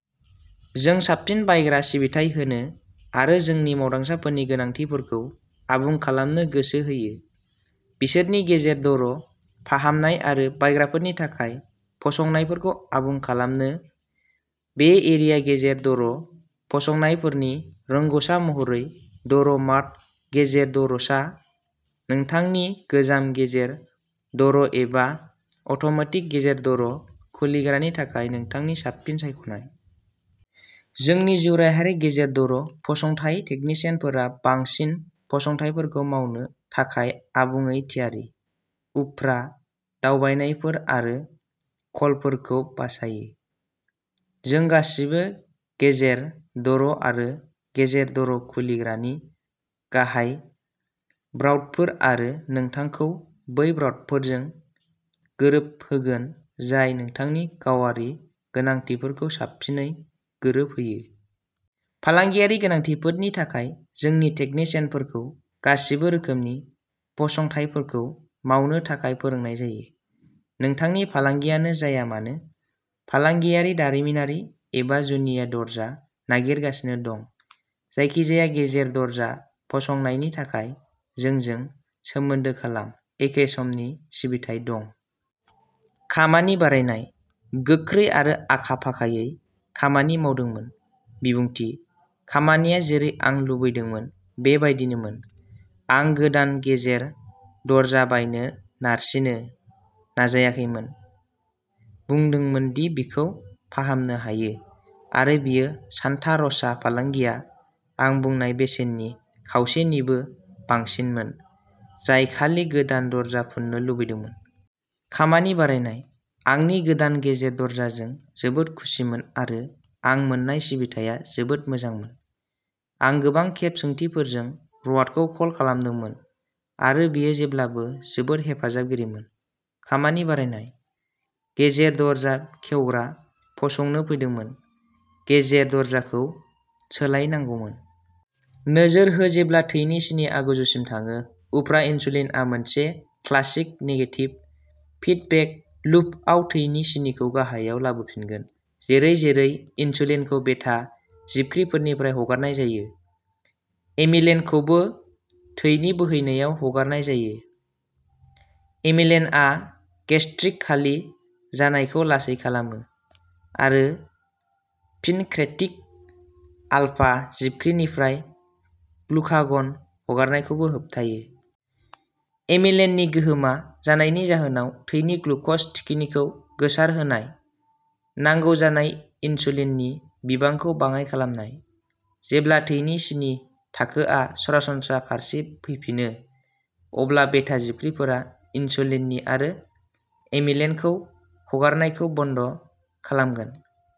जों साबसिन बायग्रा सिबिथाइ होनो आरो जोंनि मावसाफोरनि गोनांथिफोरखौ आबुं खालामनो गोसो होयो, बिसोरनि गेरेज द'र फाहामनाय आरो बायग्राफोरनि थाखाय फसंनायफोरखौ आबुं खालामनो। बे एरिया गेरेज द'र फसंथायफोरनि रोंग'सा महरै, द'र-मार्ट गेरेज द'र्सआ नोंथांनि गोजाम गेरेज द'र एबा अट'मेटिक गेरेज द'र खुलिग्रानि थाखाय नोंथांनि साबसिन सायख'नाय। जोंनि जिउराहायारि गेरेज द'र फसंथाय टेकनिसियानफोरा बांसिन फसंथायफोरखौ मावनो थाखाय आबुङै थियारि, उफ्रा दावबायनायफोर आरो कलफोरखौ बासायो। जों गासैबो गेरेज द'र आरो गेरेज द'र खुलिग्रानि गाहाय ब्रान्डफोर आरो नोंथांखौ बै ब्रान्डजों गोरोबहोगोन जाय नोंथांनि गावारि गोनांथिफोरखौ साबसिनै गोरोबहोयो। फालांगियारि गोनांथिफोरनि थाखाय, जोंनि टेकनिसियानफोरखौ गासिबो रोखोमनि फसंथायफोरखौ मावनो थाखाय फोरोंनाय जायो, नोंथांनि फालांगियानो जाया मानो। फालांगियारि, दारिमिनारि एबा जुनिया दरजा नागिरगासिनो दं। जायखिजाया गेरेज दरजा फसंनायनि थाखाय जोंजों सोमोन्दो खालाम-एखे साननि सिबिथाइ दं! खामानि बरनायनायः गोख्रै आरो आखा-फाखायै खामानि मावदोंमोन। बिबुंथिः खामानिया जेरै आं लुबैदोंमोन बे बायदिनोमोन। आं गोदान गेरेज दरजा बायनो नारसिननो नाजाखैमोन, बुंदोंमोन दि बेखौ फाहामनो हायो, आरो बेयो सान्ता र'सा फालांगिया आं बुंनाय बेसेननि खावसेनिबो बांसिनमोन जाय खालि गोदान दरजा फाननो लुबैदोंमोन। खामानि बरनायनायः आंनि गोदान गेरेज दरजाजों जोबोद खुसिमोन आरो आं मोन्नाय सिबिथाया जोबोद मोजांमोन। आं गोबां खेब सोंथिफोरजों रबार्टखौ कल खालामदोंमोन आरो बियो जेब्लाबो जोबोद हेफाजाबगिरिमोन। खामानि बरनायनायः गेरेज दरजा बेखेवग्रा फसंनो फैदोंमोन, गेरेज दरजाखौ सोलायनांगौमोन। नोजोर हो जेब्ला थैनि सिनिआ गोजौसिम थाङो, उफ्रा इनसुलिनआ मोनसे क्लासिक नेगेटिभ फिडबेक लुपआव थैनि सिनिखौ गाहायाव लाबोफिनगोन। जेरै-जेरै इनसुलिनखौ बेटा जिबख्रिफोरनिफ्राय हगारनाय जायो, एमिलिनखौबो थैनि बोहैनायाव हगारनाय जायो। एमिलिनआ गेस्ट्रिक खालि जानायखौ लासै खालामो, आरो पेनक्रिएटिक आलफा जिबख्रिफोरनिफ्राय ग्लुकागन हगारनायखौबो होबथायो। एमिलिननि गोहोमा जानायनि उनाव थैनि ग्लुकज थिखिनिखौ गोसारहोनाय, नांगौ जानाय इनसुलिननि बिबांखौ बाङाइ खालामनाय। जेब्ला थैनि सिनि थाखोआ सरासनस्रा फारसे फैफिनो, अब्ला बेटा जिबख्रिफोरा इनसुलिन आरो एमिलिनखौ हगारनायखौ बन्द'खालामगोन।